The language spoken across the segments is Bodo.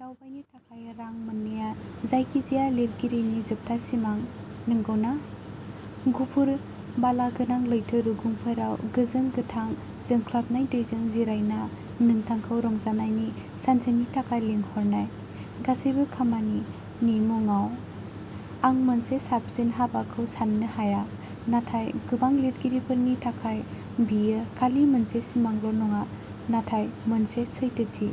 दावबायनो थाखाय रां मोननाया जायखिजाया लिरगिरिनि जोबथा सिमां, नंगौना? गुफुर, बालागोनां लैथो रुगुंफोराव गोजों गोथां जोंख्लाबनाय दैजों जिरायना नोंथांखौ रंजानायनि सानसेनि थाखाय लिंहरनाय, गासैबो "खामानि" नि मुंआव। आं मोनसे साबसिन हाबाखौ सान्नो हाया, नाथाय गोबां लिरगिरिफोरनि थाखाय, बेयो खालि मोनसे सिमांल'नङा, नाथाय मोनसे सैथोथि।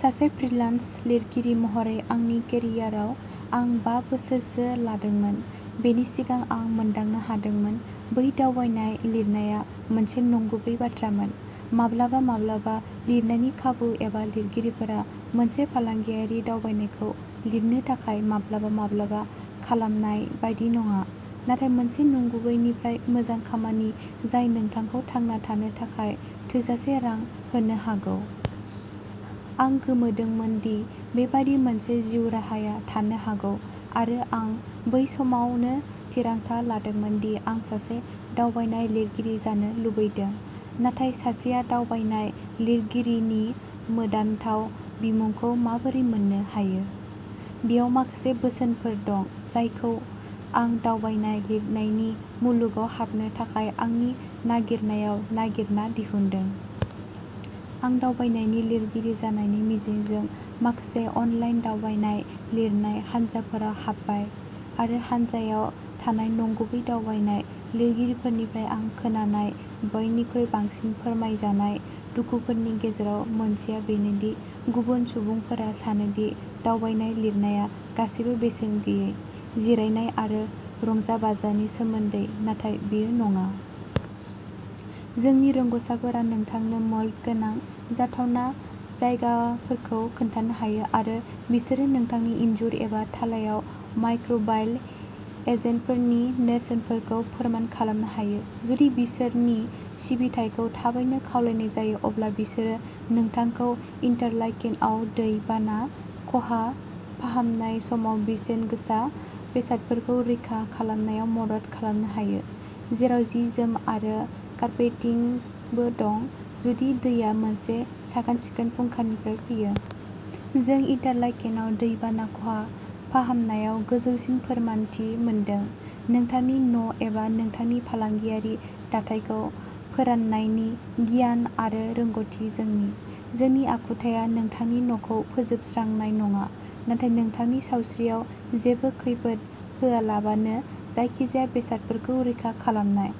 सासे फ्रिलान्स लिरगिरि महरै आंनि केरियाराव आं बा बोसोरसो लादोंमोन, बेनि सिगां आं मोनदांनो हादोंमोन। बै दावबायनाय लिरनाया मोनसे नंगुबै बाथ्रामोन। माब्लाबा-माब्लाबा लिरनायनि खाबु एबा लिरगिरिफोरा मोनसे फालांगियारि दावबायनायखौ लिरनो थाखाय माब्लाबा-माब्लाबा खालामनाय बायदि नङा, नाथाय मोनसे नंगुबै-निफ्राय-मोजां खामानि जाय नोंथांखौ थांना थानो थाखाय थोजासे रां होनो हागौ। आं गोमोदोंमोन दि बेबादि मोनसे जिउ राहाया थानो हागौ आरो आं बै समावनो थिरांथा लादोंमोन दि आं सासे दावबायनाय लिरगिरि जानो लुबैदों। नाथाय सासेया "दावबायनाय लिरगिरि" नि मोदानथाव बिमुंखौ माबोरै मोन्नो हायो? बेयाव माखासे बोसोनफोर दं जायखौ आं दावबायनाय लिरनायनि मुलुगाव हाबनो थाखाय आंनि नागिरनायाव नागिरना दिहुनदों। आं दावबायनायनि लिरगिरि जानायनि मिजिंजों माखासे अनलाइन दावबायनाय लिरनाय हानजाफोराव हाबबाय आरो हानजायाव थानाय "नंगुबै" दावबायनाय लिरगिरिफोरनिफ्राय आं खोनानाय बयनिख्रुइ बांसिन फोरमायजानाय दुखुफोरनि गेजेराव मोनसेआ बेनो दि गुबुन सुबुंफोरा सानो दि दावबायनाय लिरनाया गासैबो बेसेन गैयै जिरायनाय आरो रंजाबाजानि सोमोन्दै; नाथाय बेयो नङा। जोंनि रोंग'साफोरा नोंथांनो मोल्ड गोनां जाथावना जायगाफोरखौ खोन्थानो हायो, आरो बिसोरो नोंथांनि इनजुर एबा थालायाव माइक्र'बायेल एजेन्टफोरनि नेरसोनफोरखौ फोरमान खालामनो हायो। जुदि बिसोरनि सिबिथायखौ थाबैनो खावलायनाय जायो, अब्ला बिसोरो नोंथांखौ इन्टारलाकेनआव दै बाना खहा फाहामनाय समाव बेसेनगोसा बेसादफोरखौ रैखा खालामनायाव मदद खालामनो हायो, जेराव जि-जोम आरो कारपेटिंबो दं, जुदि दैया मोनसे साखोन-सिखोन फुंखानिफ्राय फैयो। जों इन्टारलाकेनआव दै बाना खहा फाहामनायाव गोजौसिन फोरमानथि मोनदों। नोंथांनि न'एबा नोंथांनि फालांगियारि दाथायखौ फोराननायनि गियान आरो रोंग'थि जोंनि। जोंनि आखुथाया नोंथांनि न'खौ फोजोबस्रांनाय नङा, नाथाय नोंथांनि सावस्रियाव जेबो खैफोद होआलाबानो जायखिजाया बेसादफोरखौ रैखा खालामनाय।